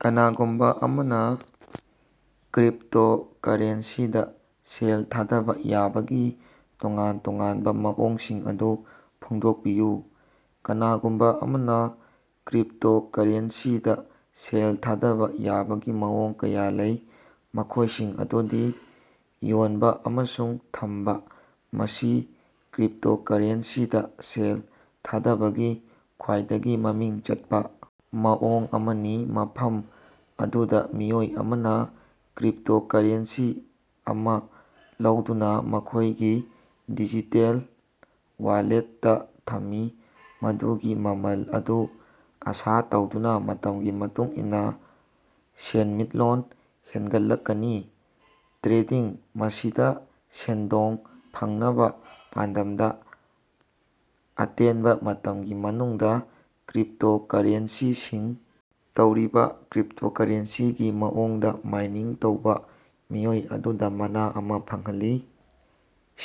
ꯀꯅꯥꯒꯨꯝꯕ ꯑꯃꯅ ꯀ꯭ꯔꯤꯞꯇꯣꯀꯔꯦꯟꯁꯤꯗ ꯁꯦꯜ ꯊꯥꯗꯕ ꯌꯥꯕꯒꯤ ꯇꯣꯉꯥꯟ ꯇꯣꯉꯥꯟꯕ ꯃꯑꯣꯡꯁꯤꯡ ꯑꯗꯨ ꯐꯣꯡꯗꯣꯛꯄꯤꯌꯨ꯫ ꯀꯅꯥꯒꯨꯝꯕ ꯑꯃꯅ ꯀ꯭ꯔꯤꯞꯇꯣꯀꯔꯦꯟꯁꯤꯗ ꯁꯦꯜ ꯊꯥꯗꯕ ꯌꯥꯕꯒꯤ ꯃꯑꯣꯡ ꯀꯌꯥ ꯂꯩ꯫ ꯃꯈꯣꯏꯁꯤꯡ ꯑꯗꯨꯗꯤ: ꯌꯣꯟꯕ ꯑꯃꯁꯨꯡ ꯊꯝꯕ – ꯃꯁꯤ ꯀ꯭ꯔꯤꯞꯇꯣꯀꯔꯦꯟꯁꯤꯗ ꯁꯦꯜ ꯊꯥꯗꯕꯒꯤ ꯈ꯭ꯋꯥꯏꯗꯒꯤ ꯃꯃꯤꯡ ꯆꯠꯄ ꯃꯑꯣꯡ ꯑꯃꯅꯤ꯫ ꯃꯐꯝ ꯑꯗꯨꯗ ꯃꯤꯑꯣꯏ ꯑꯃꯅ ꯀ꯭ꯔꯤꯞꯇꯣꯀꯔꯦꯟꯁꯤ ꯑꯃ ꯂꯧꯗꯨꯅ ꯃꯈꯣꯏꯒꯤ ꯗꯤꯖꯤꯇꯦꯜ ꯋꯥꯂꯦꯠꯇ ꯊꯝꯃꯤ꯫ ꯃꯗꯨꯒꯤ ꯃꯃꯜ ꯑꯗꯨ ꯑꯥꯁꯥ ꯇꯧꯗꯨꯅ ꯃꯇꯝꯒꯤ ꯃꯇꯨꯡ ꯏꯟꯅ ꯁꯦꯟꯃꯤꯠꯂꯣꯟ ꯍꯦꯟꯒꯠꯂꯛꯀꯅꯤ꯫ ꯇ꯭ꯔꯦꯗꯤꯡ – ꯃꯁꯤꯗ ꯁꯦꯟꯗꯣꯡ ꯐꯪꯅꯕ ꯄꯥꯟꯗꯝꯗ ꯑꯇꯦꯟꯕ ꯃꯇꯝꯒꯤ ꯃꯅꯨꯡꯗ ꯀ꯭ꯔꯤꯞꯇꯣꯀꯔꯦꯟꯁꯤꯁꯤꯡ ꯇꯧꯔꯤꯕ ꯀ꯭ꯔꯤꯞꯇꯣꯀꯔꯦꯟꯁꯤꯒꯤ ꯃꯑꯣꯡꯗ ꯃꯥꯏꯅꯤꯡ ꯇꯧꯕ ꯃꯤꯑꯣꯏ ꯑꯗꯨꯗ ꯃꯅꯥ ꯑꯃ ꯐꯪꯍꯜꯂꯤ꯫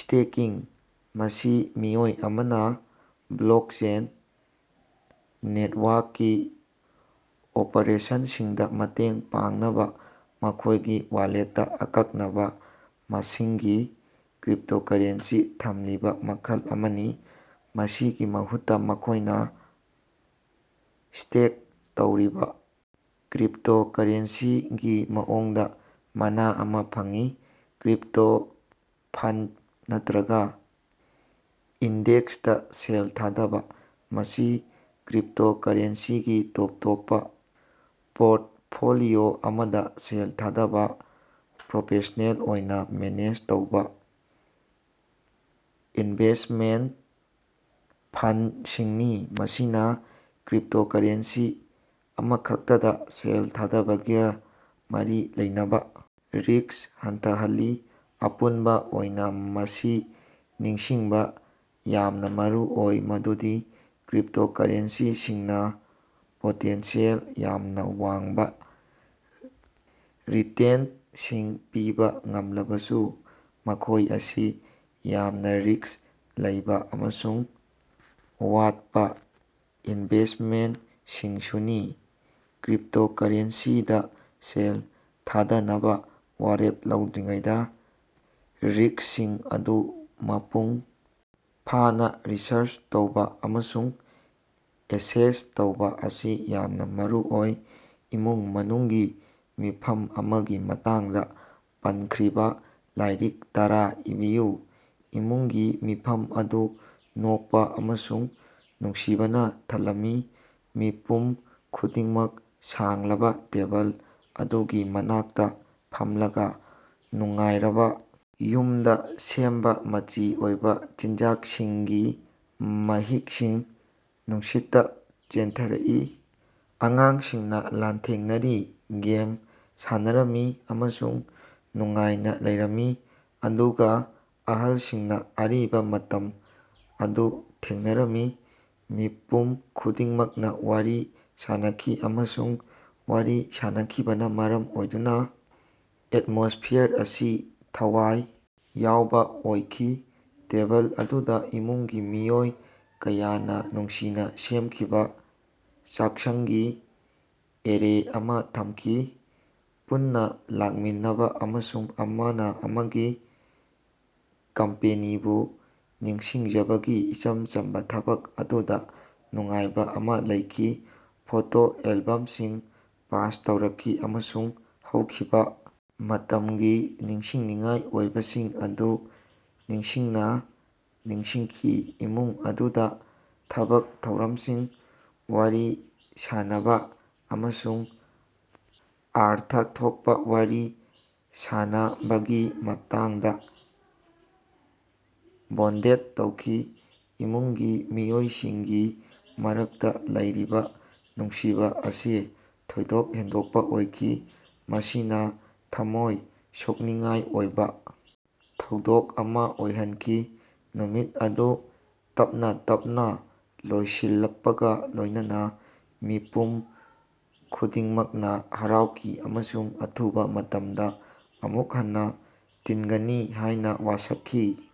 ꯁ꯭ꯇꯦꯀꯤꯡ – ꯃꯁꯤ ꯃꯤꯑꯣꯏ ꯑꯃꯅ ꯕ꯭ꯂꯣꯛꯆꯦꯟ ꯅꯦꯠꯋꯥꯔꯛꯀꯤ ꯑꯣꯄꯔꯦꯁꯟꯁꯤꯡꯗ ꯃꯇꯦꯡ ꯄꯥꯡꯅꯕ ꯃꯈꯣꯏꯒꯤ ꯋꯥꯂꯦꯠꯇ ꯑꯀꯛꯅꯕ ꯃꯁꯤꯡꯒꯤ ꯀ꯭ꯔꯤꯞꯇꯣꯀꯔꯦꯟꯁꯤ ꯊꯝꯂꯤꯕ ꯃꯈꯜ ꯑꯃꯅꯤ꯫ ꯃꯁꯤꯒꯤ ꯃꯍꯨꯠꯇ ꯃꯈꯣꯏꯅ ꯁ꯭ꯇꯦꯛ ꯇꯧꯔꯤꯕ ꯀ꯭ꯔꯤꯞꯇꯣꯀꯔꯦꯟꯁꯤꯒꯤ ꯃꯑꯣꯡꯗ ꯃꯅꯥ ꯑꯃ ꯐꯪꯏ꯫ ꯀ꯭ꯔꯤꯞꯇꯣ ꯐꯟꯗ ꯅꯠꯇ꯭ꯔꯒ ꯏꯟꯗꯦꯛꯁꯇ ꯁꯦꯜ ꯊꯥꯗꯕ – ꯃꯁꯤ ꯀ꯭ꯔꯤꯞꯇꯣꯀꯔꯦꯟꯁꯤꯒꯤ ꯇꯣꯞ ꯇꯣꯞꯄ ꯄꯣꯔꯠꯐꯣꯂꯤꯑꯣ ꯑꯃꯗ ꯁꯦꯜ ꯊꯥꯗꯕ ꯄ꯭ꯔꯣꯐꯦꯁ꯭ꯅꯦꯜ ꯑꯣꯏꯅ ꯃꯦꯅꯦꯖ ꯇꯧꯕ ꯏꯟꯚꯦꯁꯠꯃꯦꯟꯇ ꯐꯟꯗꯁꯤꯡꯅꯤ꯫ ꯃꯁꯤꯅ ꯀ꯭ꯔꯤꯞꯇꯣꯀꯔꯦꯟꯁꯤ ꯑꯃꯈꯛꯇꯗ ꯁꯦꯜ ꯊꯥꯗꯕꯒ ꯃꯔꯤ ꯂꯩꯅꯕ ꯔꯤꯁꯛ ꯍꯟꯊꯍꯜꯂꯤ꯫ ꯑꯄꯨꯟꯕ ꯑꯣꯏꯅ, ꯃꯁꯤ ꯅꯤꯡꯁꯤꯡꯕ ꯌꯥꯝꯅ ꯃꯔꯨ ꯑꯣꯏ ꯃꯗꯨꯗꯤ ꯀ꯭ꯔꯤꯞꯇꯣꯀꯔꯦꯟꯁꯤꯁꯤꯡꯅ ꯄꯣꯇꯦꯟꯁꯤꯌꯦꯜ ꯌꯥꯝꯅ ꯋꯥꯡꯕ ꯔꯤꯇꯦꯟꯇꯁꯤꯡ ꯄꯤꯕ ꯉꯝꯂꯕꯁꯨ ꯃꯈꯣꯏ ꯑꯁꯤ ꯌꯥꯝꯅ ꯔꯤꯁ꯭ꯛ ꯂꯩꯕ ꯑꯃꯁꯨꯡ ꯋꯥꯠꯄ ꯏꯟꯚꯦꯁꯇꯃꯦꯟꯇꯁꯤꯡꯁꯨꯅꯤ꯫ ꯀ꯭ꯔꯤꯞꯇꯣꯀꯔꯦꯟꯁꯤꯗ ꯁꯦꯜ ꯊꯥꯗꯅꯕ ꯋꯥꯔꯦꯞ ꯂꯧꯗ꯭ꯔꯤꯉꯩꯗ ꯔꯤꯁꯀꯁꯤꯡ ꯑꯗꯨ ꯃꯄꯨꯡ ꯐꯥꯅ ꯔꯤꯁꯔꯆ ꯇꯧꯕ ꯑꯃꯁꯨꯡ ꯑꯦꯁꯦꯁ ꯇꯧꯕ ꯑꯁꯤ ꯌꯥꯝꯅ ꯃꯔꯨꯑꯣꯏ꯫ ꯏꯃꯨꯡ ꯃꯅꯨꯡꯒꯤ ꯃꯤꯐꯝ ꯑꯃꯒꯤ ꯃꯇꯥꯡꯗ ꯄꯟꯈ꯭ꯔꯤꯕ ꯂꯥꯏꯔꯤꯛ ꯇꯔꯥ ꯏꯕꯤꯌꯨ꯫ ꯏꯃꯨꯡꯒꯤ ꯃꯤꯐꯝ ꯑꯗꯨ ꯅꯣꯛꯄ ꯑꯃꯁꯨꯡ ꯅꯨꯡꯁꯤꯕꯅ ꯊꯜꯂꯝꯃꯤ꯫ ꯃꯤꯄꯨꯝ ꯈꯨꯗꯤꯡꯃꯛ ꯁꯥꯡꯂꯕ ꯇꯦꯕꯜ ꯑꯗꯨꯒꯤ ꯃꯅꯥꯛꯇ ꯐꯝꯂꯒ ꯅꯨꯡꯉꯥꯏꯔꯕ ꯌꯨꯝꯗ ꯁꯦꯝꯕ ꯃꯆꯤ ꯑꯣꯏꯕ ꯆꯤꯟꯖꯥꯛꯁꯤꯡꯒꯤ ꯃꯍꯤꯛꯁꯤꯡ ꯅꯨꯡꯁꯤꯠꯇ ꯆꯦꯟꯊꯔꯛꯏ꯫ ꯑꯉꯥꯡꯁꯤꯡꯅ ꯂꯥꯟꯊꯦꯡꯅꯔꯤ, ꯒꯦꯝ ꯁꯥꯟꯅꯔꯝꯃꯤ ꯑꯃꯁꯨꯡ ꯅꯨꯡꯉꯥꯏꯅ ꯂꯩꯔꯝꯃꯤ ꯑꯗꯨꯒ ꯑꯍꯜꯁꯤꯡꯅ ꯑꯔꯤꯕ ꯃꯇꯝ ꯑꯗꯨ ꯊꯦꯡꯅꯔꯝꯃꯤ꯫ ꯃꯤꯄꯨꯝ ꯈꯨꯗꯤꯡꯃꯛꯅ ꯋꯥꯔꯤ ꯁꯥꯅꯈꯤ ꯑꯃꯁꯨꯡ ꯋꯥꯔꯤ ꯁꯥꯅꯈꯤꯕꯅ ꯃꯔꯝ ꯑꯣꯏꯗꯨꯅ ꯑꯦꯠꯃꯣꯁꯐꯤꯌꯔ ꯑꯁꯤ ꯊꯋꯥꯏ ꯌꯥꯎꯕ ꯑꯣꯏꯈꯤ꯫ ꯇꯦꯕꯜ ꯑꯗꯨꯗ ꯏꯃꯨꯡꯒꯤ ꯃꯤꯑꯣꯏ ꯀꯌꯥꯅ ꯅꯨꯡꯁꯤꯅ ꯁꯦꯝꯈꯤꯕ ꯆꯥꯛꯁꯪꯒꯤ ꯑꯦꯔꯦ ꯑꯃ ꯊꯝꯈꯤ꯫ ꯄꯨꯟꯅ ꯂꯥꯛꯃꯤꯟꯅꯕ ꯑꯃꯁꯨꯡ ꯑꯃꯅ ꯑꯃꯒꯤ ꯀꯝꯄꯦꯅꯤꯕꯨ ꯅꯨꯡꯁꯤꯖꯕꯒꯤ ꯏꯆꯝ ꯆꯝꯕ ꯊꯕꯛ ꯑꯗꯨꯗ ꯅꯨꯡꯉꯥꯏꯕ ꯑꯃ ꯂꯩꯈꯤ꯫ ꯐꯣꯇꯣ ꯑꯦꯜꯕꯝꯁꯤꯡ ꯄꯥꯁ ꯇꯧꯔꯛꯈꯤ ꯑꯃꯁꯨꯡ ꯍꯧꯈꯤꯕ ꯃꯇꯝꯒꯤ ꯅꯤꯡꯁꯤꯡꯅꯤꯡꯉꯥꯏ ꯑꯣꯏꯕꯁꯤꯡ ꯑꯗꯨ ꯅꯨꯡꯁꯤꯅ ꯅꯤꯡꯁꯤꯡꯈꯤ꯫ ꯏꯃꯨꯡ ꯑꯗꯨꯅ ꯊꯕꯛ ꯊꯧꯔꯝꯁꯤꯡ, ꯋꯥꯔꯤ ꯁꯥꯟꯅꯕ ꯑꯃꯁꯨꯡ ꯑꯔꯊ ꯊꯣꯛꯄ ꯋꯥꯔꯤ ꯁꯥꯟꯅꯕꯒꯤ ꯃꯇꯥꯡꯗ ꯕꯣꯟꯗꯦꯗ ꯇꯧꯈꯤ꯫ ꯏꯃꯨꯡꯒꯤ ꯃꯤꯑꯣꯏꯁꯤꯡꯒꯤ ꯃꯔꯛꯇ ꯂꯩꯔꯤꯕ ꯅꯨꯡꯁꯤꯕ ꯑꯁꯤ ꯊꯣꯏꯗꯣꯛ ꯍꯦꯟꯗꯣꯛꯄ ꯑꯣꯏꯈꯤ꯫ ꯃꯁꯤꯅ ꯊꯝꯃꯣꯏ ꯁꯣꯛꯅꯤꯡꯉꯥꯏ ꯑꯣꯏꯕ ꯊꯧꯗꯣꯛ ꯑꯃ ꯑꯣꯏꯍꯟꯈꯤ꯫ ꯅꯨꯃꯤꯠ ꯑꯗꯨ ꯇꯞꯅ ꯇꯞꯅ ꯂꯣꯏꯁꯤꯜꯂꯛꯄꯒ ꯂꯣꯏꯅꯅ ꯃꯤꯄꯨꯝ ꯈꯨꯗꯤꯡꯃꯛꯅ ꯍꯔꯥꯎꯈꯤ ꯑꯃꯁꯨꯡ ꯑꯊꯨꯕ ꯃꯇꯝꯗ ꯑꯃꯨꯛ ꯍꯟꯅ ꯇꯤꯟꯒꯅꯤ ꯍꯥꯏꯅ ꯋꯥꯁꯛꯈꯤ꯫